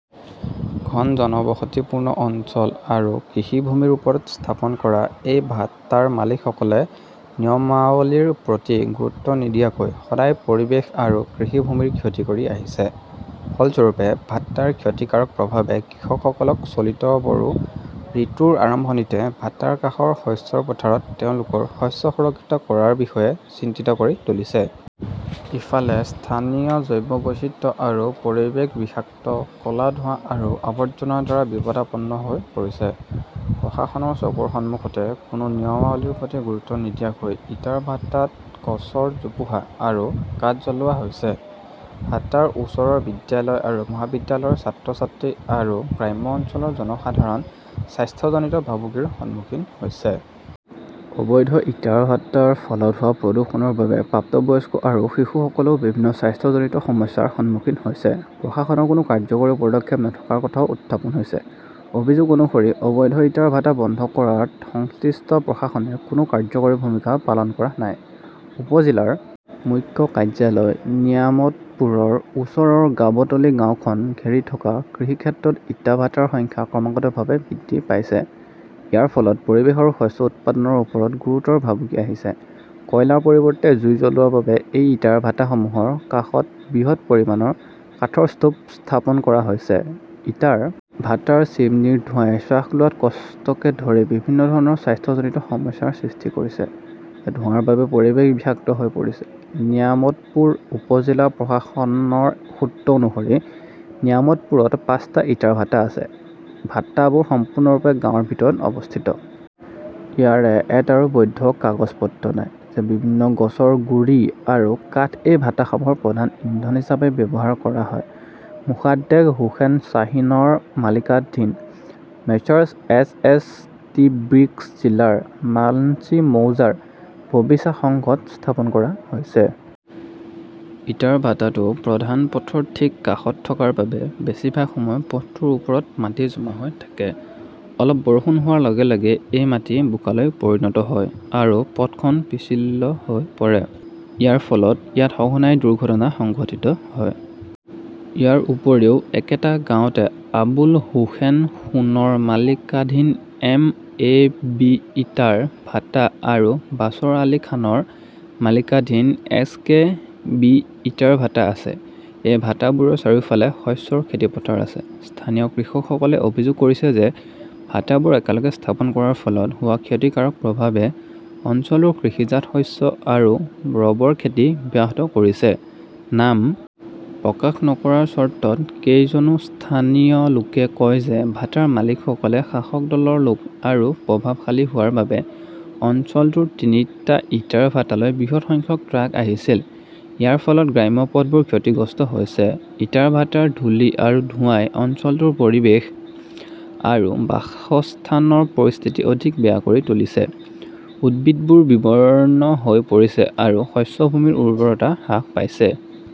ঘন জনবসতিপূৰ্ণ অঞ্চল আৰু কৃষিভূমিৰ ওপৰত স্থাপন কৰা এই ভাটাৰ মালিকসকলে নিয়মাৱলীৰ প্ৰতি গুৰুত্ব নিদিয়াকৈ সদায় পৰিৱেশ আৰু কৃষিভূমিৰ ক্ষতি কৰি আহিছে। ফলস্বৰূপে, ভাটাৰ ক্ষতিকাৰক প্ৰভাৱে কৃষকসকলক চলিত বৰো ঋতুৰ আৰম্ভণিতে ভাটাৰ কাষৰ শস্যৰ পথাৰত তেওঁলোকৰ শস্য সুৰক্ষিত কৰাৰ বিষয়ে চিন্তিত কৰি তুলিছে। ইফালে, স্থানীয় জৈৱ বৈচিত্ৰ্য আৰু পৰিৱেশ বিষাক্ত ক'লা ধোঁৱা আৰু আৱৰ্জনাৰ দ্বাৰা বিপদাপন্ন হৈ পৰিছে। প্ৰশাসনৰ চকুৰ সন্মুখতে কোনো নিয়মাৱলীৰ প্ৰতি গুৰুত্ব নিদিয়াকৈ ইটাৰ ভাটাত গছৰ জোপোহা আৰু কাঠ জ্বলোৱা হৈছে। ভাটাৰ ওচৰৰ বিদ্যালয় আৰু মহাবিদ্যালয়ৰ ছাত্ৰ ছাত্ৰী আৰু গ্ৰাম্য অঞ্চলৰ জনসাধাৰণ স্বাস্থ্যজনিত ভাবুকিৰ সন্মুখীন হৈছে। অবৈধ ইটাৰ ভাটাৰ ফলত হোৱা প্ৰদূষণৰ বাবে প্ৰাপ্তবয়স্ক আৰু শিশুসকলেও বিভিন্ন স্বাস্থ্যজনিত সমস্যাৰ সন্মুখীন হৈছে। প্ৰশাসনৰ কোনো কাৰ্যকৰী পদক্ষেপ নথকাৰ কথাও উত্থাপন হৈছে। অভিযোগ অনুসৰি, অবৈধ ইটাৰ ভাটা বন্ধ কৰাত সংশ্লিষ্ট প্ৰশাসনে কোনো কাৰ্যকৰী ভূমিকা পালন কৰা নাই। উপজিলাৰ মুখ্য কাৰ্যালয় নিয়ামতপুৰৰ ওচৰৰ গাবটলি গাঁওখন ঘেৰি থকা কৃষিক্ষেত্ৰত ইটাৰ ভাটাৰ সংখ্যা ক্ৰমাগতভাৱে বৃদ্ধি পাইছে। ইয়াৰ ফলত পৰিৱেশ আৰু শস্য উৎপাদনৰ ওপৰত গুৰুতৰ ভাবুকি আহিছে। কয়লাৰ পৰিৱৰ্তে জুই জ্বলোৱাৰ বাবে এই ইটাৰ ভাটাসমূহৰ কাষত বৃহৎ পৰিমাণৰ কাঠৰ স্তূপ স্থাপন কৰা হৈছে। ইটাৰ ভাটাৰ চিমনীৰ ধোঁৱাই শ্বাস লোৱাত কষ্টকে ধৰি বিভিন্ন ধৰণৰ স্বাস্থ্যজনিত সমস্যাৰ সৃষ্টি কৰিছে। ধোঁৱাৰ বাবে পৰিৱেশ বিষাক্ত হৈ পৰিছে। নিয়ামতপুৰ উপজিলা প্ৰশাসনৰ সূত্ৰ অনুসৰি, নিয়ামতপুৰত পাঁচটা ইটাৰ ভাটা আছে। ভাটাবোৰ সম্পূৰ্ণৰূপে গাঁৱৰ ভিতৰত অৱস্থিত। ইয়াৰে এটাৰো বৈধ কাগজ পত্ৰ নাই। বিভিন্ন গছৰ গুৰি আৰু কাঠ এই ভাটাসমূহৰ প্ৰধান ইন্ধন হিচাপে ব্যৱহাৰ কৰা হয়। মোসাদ্দেক হোসেন শ্বাহীনৰ মালিকানাধীন Messrs S S T bricks জিলাৰ মালঞ্চি মৌজাৰ ভবিচা সংঘত স্থাপন কৰা হৈছে। ইটাৰ ভাটাটো প্ৰধান পথৰ ঠিক কাষত থকাৰ বাবে বেছিভাগ সময় পথটোৰ ওপৰত মাটি জমা হৈ থাকে। অলপ বৰষুণ হোৱাৰ লগে লগে এই মাটি বোকালৈ পৰিণত হয় আৰু পথখন পিচ্ছিল হৈ পৰে। ইয়াৰ ফলত ইয়াত সঘনাই দুৰ্ঘটনা সংঘটিত হয়। ইয়াৰ উপৰিও একেটা গাঁৱতে আবুল হোসেন সোণৰ মালিকাধীন এম এ বি ইটাৰ ভাটা আৰু বাচৰ আলী খানৰ মালিকাধীন এছ কে বি ইটাৰ ভাটা আছে। এই ভাটাবোৰৰ চাৰিওফালে শস্যৰ খেতিপথাৰ আছে। স্থানীয় কৃষকসকলে অভিযোগ কৰিছে যে ভাটাবোৰ একেলগে স্থাপন কৰাৰ ফলত হোৱা ক্ষতিকাৰক প্ৰভাৱে অঞ্চলও কৃষিজাত শস্য আৰু ৰবৰ খেতি ব্যাহত কৰিছে। নাম প্ৰকাশ নকৰাৰ চৰ্তত কেইজনো স্থানীয় লোকে কয় যে ভাটাৰ মালিকসকল শাসক দলৰ লোক আৰু প্ৰভাৱশালী হোৱাৰ বাবে অঞ্চলটোৰ তিনিটা ইটাৰ ভাটালৈ বৃহৎ সংখ্যক ট্ৰাক আহিছিল। ইয়াৰ ফলত গ্ৰাম্য পথবোৰ ক্ষতিগ্ৰস্ত হৈছে। ইটাৰ ভাটাৰ ধূলি আৰু ধোঁৱাই অঞ্চলটোৰ পৰিৱেশ আৰু বাসস্থানৰ পৰিস্থিতি অধিক বেয়া কৰি তুলিছে। উদ্ভিদবোৰ বিবৰ্ণ হৈ পৰিছে আৰু শস্যভূমিৰ উৰ্বৰতা হ্ৰাস পাইছে।